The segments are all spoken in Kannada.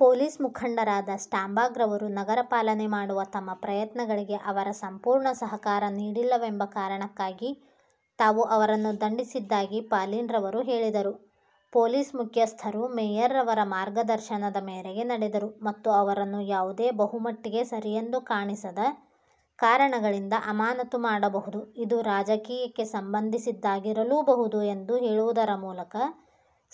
ಪೋಲಿಸ್ ಮುಖಂಡರಾದ ಸ್ಟಾಂಬಾಗ್ರವರು, ನಗರ ಪಾಲನೆ ಮಾಡುವ ತಮ್ಮ ಪ್ರಯತ್ನಗಳಿಗೆ ಅವರ ಸಂಪೂರ್ಣ ಸಹಕಾರ ನೀಡಿಲ್ಲವೆಂಬ ಕಾರಣಕ್ಕಾಗಿ ತಾವು ಅವರನ್ನು ದಂಡಿಸಿದ್ದಾಗಿ ಪಾಲಿನ್ರವರು ಹೇಳಿದರು. ಪೋಲಿಸ್ ಮುಖ್ಯಸ್ಥರು ಮೇಯರ್ರವರ ಮಾರ್ಗದರ್ಶನದ ಮೇರೆಗೆ ನಡೆದರು ಮತ್ತು ಅವರನ್ನು ಯಾವುದೇ ಬಹುಮಟ್ಟಿಗೆ ಸರಿಯೆಂದು ಕಾಣಿಸಿದ ಕಾರಣಗಳಿಂದ ಅಮಾನತು ಮಾಡಬಹುದು, ಇದು ರಾಜಕೀಯಕ್ಕೆ ಸಂಬಂದಿಸಿದ್ದಾಗಿರಲೂಬಹುದು, ಎಂದು ಹೇಳುವುದರ ಮೂಲಕ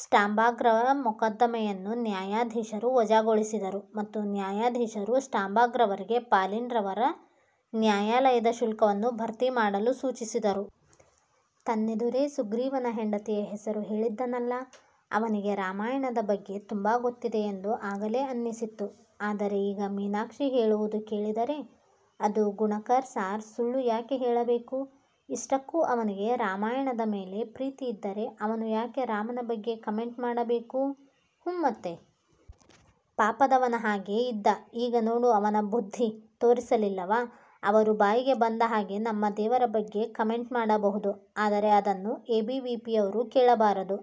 ಸ್ಟಾಂಬಾಗ್ರ ಮೊಕದ್ದಮೆಯನ್ನು ನ್ಯಾಯಾಧೀಶರು ವಜಾಗೊಳಿಸಿದರು ಮತ್ತು ನ್ಯಾಯಾಧೀಶರು ಸ್ಟಾಂಬಾಗ್ರವರಿಗೆ ಪಾಲಿನ್ರವರ ನ್ಯಾಯಾಲಯದ ಶುಲ್ಕವನ್ನು ಭರ್ತಿಮಾಡಲು ಸೂಚಿಸಿದರು. ತನ್ನೆದುರೇ ಸುಗ್ರೀವನ ಹೆಂಡತಿಯ ಹೆಸರು ಹೇಳಿದ್ದನಲ್ಲ ಅವನಿಗೆ ರಾಮಾಯಣದ ಬಗ್ಗೆ ತುಂಬಾ ಗೊತ್ತಿದೆ ಎಂದು ಆಗಲೇ ಅನ್ನಿಸಿತ್ತು. ಆದರೆ ಈಗ ಮೀನಾಕ್ಷಿ ಹೇಳುವುದು ಕೇಳಿದರೆ ಅದೂ ಗುಣಕರ್ ಸಾರ್ ಸುಳ್ಳು ಯಾಕೆ ಹೇಳಬೇಕು ಇಷ್ಟಕ್ಕೂ ಅವನಿಗೆ ರಾಮಾಯಣದ ಮೇಲೆ ಪ್ರೀತಿ ಇದ್ದರೆ, ಅವನು ಯಾಕೆ ರಾಮನ ಬಗ್ಗೆ ಕಮೆಂಟ್ ಮಾಡಬೇಕು ಹೂಂ ಮತ್ತೆ. ಪಾಪದವನ ಹಾಗೆ ಇದ್ದ. ಈಗ ನೋಡು, ಅವನ ಬುದ್ಧ್ದಿ ತೋರಿಸಲಿಲ್ಲವಾ ಅವರು ಬಾಯಿಗೆ ಬಂದ ಹಾಗೆ ನಮ್ಮ ದೇವರ ಬಗ್ಗೆ ಕಮೆಂಟ್ ಮಾಡಬಹುದು. ಆದರೆ ಅದನ್ನು ಎಬಿವಿಪಿಯವರು ಕೇಳಬಾರದು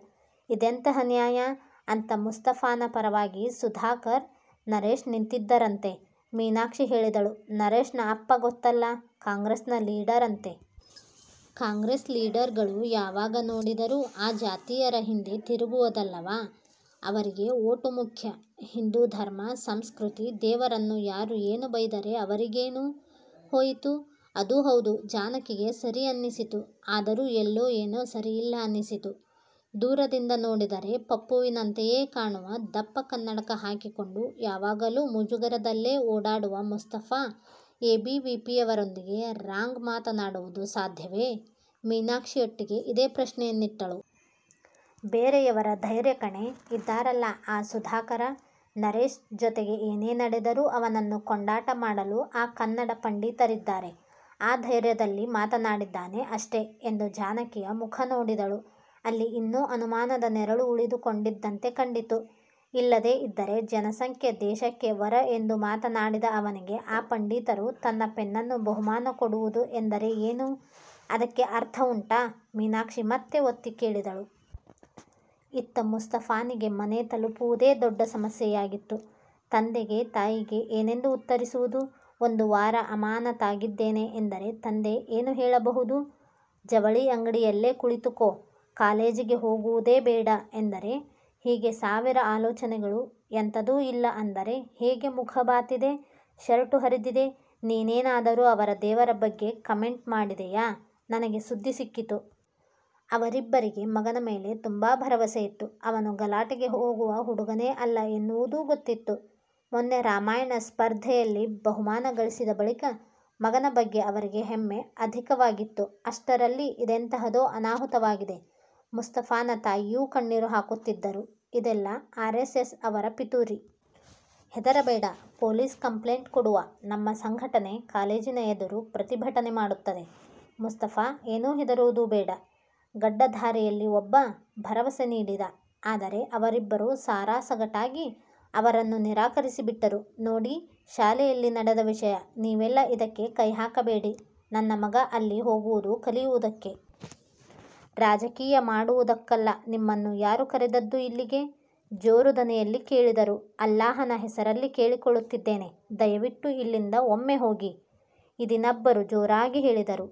ಇದೆಂತಹ ನ್ಯಾಯಾ ಅಂತ ಮುಸ್ತಫಾನ ಪರವಾಗಿ ಸುಧಾಕರ, ನರೇಶ್ ನಿಂತಿದ್ದರಂತೆ' ಮೀನಾಕ್ಷಿ ಹೇಳಿದಳು. ನರೇಶ್ನ ಅಪ್ಪ ಗೊತ್ತಲ್ಲ ಕಾಂಗ್ರೆಸ್ನ ಲೀಡರ್ ಅಂತೆ. ಕಾಂಗ್ರೆಸ್ ಲೀಡರ್ಗಳು ಯಾವಾಗ ನೋಡಿದರೂ ಆ ಜಾತಿಯರ ಹಿಂದೆ ತಿರುಗುವುದಲ್ಲವಾ ಅವರಿಗೆ ಓಟು ಮುಖ್ಯ. ಹಿಂದೂ ಧರ್ಮ, ಸಂಸ್ಕೃತಿ, ದೇವರನ್ನು ಯಾರು ಏನು ಬೈದರೆ ಅವರಿಗೇನು ಹೋಯಿತು ಅದೂ ಹೌದು ಜಾನಕಿಗೆ ಸರಿ ಅನ್ನಿಸಿತು. ಆದರೂ ಎಲ್ಲೋ ಏನೋ ಸರಿ ಇಲ್ಲ ಅನ್ನಿಸಿತು. ದೂರದಿಂದ ನೋಡಿದರೆ ಪಪ್ಪುವಿನಂತೆಯೇ ಕಾಣುವ, ದಪ್ಪ ಕನ್ನಡಕ ಹಾಕಿಕೊಂಡು, ಯಾವಾಗಲೂ ಮುಜುಗರದಲ್ಲೇ ಓಡಾಡುವ ಮುಸ್ತಫಾ ಎಬಿವಿಪಿಯವರೊಂದಿಗೆ ರಾಂಗ್ ಮಾತನಾಡುವುದು ಸಾಧ್ಯವೇ ಮೀನಾಕ್ಷಿಯೊಟ್ಟಿಗೆ ಇದೇ ಪ್ರಶ್ನೆಯನ್ನಿಟ್ಟಳು. ''ಬೇರೆಯವರ ಧೈರ್ಯ ಕಣೇ ಇದ್ದಾರಲ್ಲ ಆ ಸುಧಾಕರ, ನರೇಶ್ ಜೊತೆಗೆ ಏನೇ ನಡೆದರೂ ಅವನನ್ನು ಕೊಂಡಾಟ ಮಾಡಲು ಆ ಕನ್ನಡ ಪಂಡಿತರಿದ್ದಾರೆ. ಆ ಧೈರ್ಯದಲ್ಲಿ ಮಾತನಾಡಿದ್ದಾನೆ ಅಷ್ಟೇ'' ಎಂದು ಜಾನಕಿಯ ಮುಖ ನೋಡಿದಳು. ಅಲ್ಲಿ ಇನ್ನೂ ಅನುಮಾನದ ನೆರಳು ಉಳಿದುಕೊಂಡಿದ್ದಂತೆ ಕಂಡಿತು ''ಇಲ್ಲದೇ ಇದ್ದರೆ ಜನಸಂಖ್ಯೆ ದೇಶಕ್ಕೆ ವರ ಎಂದು ಮಾತನಾಡಿದ ಅವನಿಗೆ ಆ ಪಂಡಿತರು ತನ್ನ ಪೆನ್ನನ್ನು ಬಹುಮಾನ ಕೊಡುವುದು ಎಂದರೆ ಏನು ಅದಕ್ಕೆ ಅರ್ಥ ಉಂಟಾ '' ಮೀನಾಕ್ಷಿ ಮತ್ತೆ ಒತ್ತಿ ಕೇಳಿದಳು. ಇತ್ತ ಮುಸ್ತಫಾನಿಗೆ ಮನೆ ತಲುಪುವುದೇ ದೊಡ್ಡ ಸಮಸ್ಯೆಯಾಗಿತ್ತು. ತಂದೆಗೆ, ತಾಯಿಗೆ ಏನೆಂದು ಉತ್ತರಿಸುವುದು ಒಂದು ವಾರ ಅಮಾನತಾಗಿದ್ದೇನೆ ಎಂದರೆ ತಂದೆ ಏನು ಹೇಳಬಹುದು ಜವಳಿ ಅಂಗಡಿ ಯಲ್ಲೇ ಕುಳಿತುಕೋ ಕಾಲೇಜಿಗೆ ಹೋಗುವುದೇ ಬೇಡ ಎಂದರೆ ಹೀಗೆ ಸಾವಿರ ಆಲೋಚನೆಗಳು ಎಂತದು ಇಲ್ಲ ಅಂದರೆ ಹೇಗೆ ಮುಖ ಬಾತಿದೆ, ಶರ್ಟು ಹರಿದಿದೆ ನೀನೇನಾದರೂ ಅವರ ದೇವರ ಬಗ್ಗೆ ಕಮೆಂಟ್ ಮಾಡಿದೆಯಾ ನನಗೆ ಸುದ್ದಿ ಸಿಕ್ಕಿತು. ಅವರಿಬ್ಬರಿಗೆ ಮಗನ ಮೇಲೆ ತುಂಬಾ ಭರವಸೆಯಿತ್ತು. ಅವನು ಗಲಾಟೆಗೆ ಹೋಗುವ ಹುಡುಗನೇ ಅಲ್ಲ ಎನ್ನುವುದೂ ಗೊತ್ತಿತ್ತು. ಮೊನ್ನೆ ರಾಮಾಯಣ ಸ್ಪರ್ಧೆಯಲ್ಲಿ ಬಹುಮಾನ ಗಳಿಸಿದ ಬಳಿಕ ಮಗನ ಬಗ್ಗೆ ಅವರಿಗೆ ಹೆಮ್ಮೆ ಅಧಿಕವಾಗಿತ್ತು. ಅಷ್ಟರಲ್ಲಿ ಇದೆಂತಹದೋ ಅನಾಹುತವಾಗಿದೆ. ಮುಸ್ತಫಾನ ತಾಯಿಯೂ ಕಣ್ಣೀರು ಹಾಕುತ್ತಿದ್ದರು. ''ಇದೆಲ್ಲ ಆರ್ ಎಸ್ ಎಸ್ ಅವರ ಪಿತೂರಿ. ಹೆದರಬೇಡ ಪೊಲೀಸ್ ಕಂಪ್ಲೇಂಟ್ ಕೊಡುವ. ನಮ್ಮ ಸಂಘಟನೆ ಕಾಲೇಜಿನ ಎದುರು ಪ್ರತಿಭಟನೆ ಮಾಡುತ್ತದೆ. ಮುಸ್ತಫಾ ಏನು ಹೆದರುವುದು ಬೇಡ'' ಗಡ್ಡಧಾರಿಯಲ್ಲಿ ಒಬ್ಬ ಭರವಸೆ ನೀಡಿದ. ಆದರೆ ಅವರಿಬ್ಬರು ಸಾರಾಸಗಟಾಗಿ ಅವರನ್ನು ನಿರಾಕರಿಸಿ ಬಿಟ್ಟರು ''ನೋಡಿ ಶಾಲೆಯಲ್ಲಿ ನಡೆದ ವಿಷಯ ನೀವೆಲ್ಲ ಇದಕ್ಕೆ ಕೈ ಹಾಕಬೇಡಿ. ನನ್ನ ಮಗ ಅಲ್ಲಿ ಹೋಗುವುದು ಕಲಿಯುವುದಕ್ಕೆ. ರಾಜಕೀಯ ಮಾಡುವುದಕ್ಕಲ್ಲ ನಿಮ್ಮನ್ನು ಯಾರು ಕರೆದದ್ದು ಇಲ್ಲಿಗೆ'' ಜೋರು ದನಿಯಲ್ಲಿ ಕೇಳಿದರು. ''ಅಲ್ಲಾಹನ ಹೆಸರಲ್ಲಿ ಕೇಳಿಕೊಳ್ಳುತ್ತಿದ್ದೇನೆ ದಯವಿಟ್ಟು ಇಲ್ಲಿಂದ ಒಮ್ಮೆ ಹೋಗಿ'' ಇದಿನಬ್ಬರು ಜೋರಾಗಿ ಹೇಳಿದರು.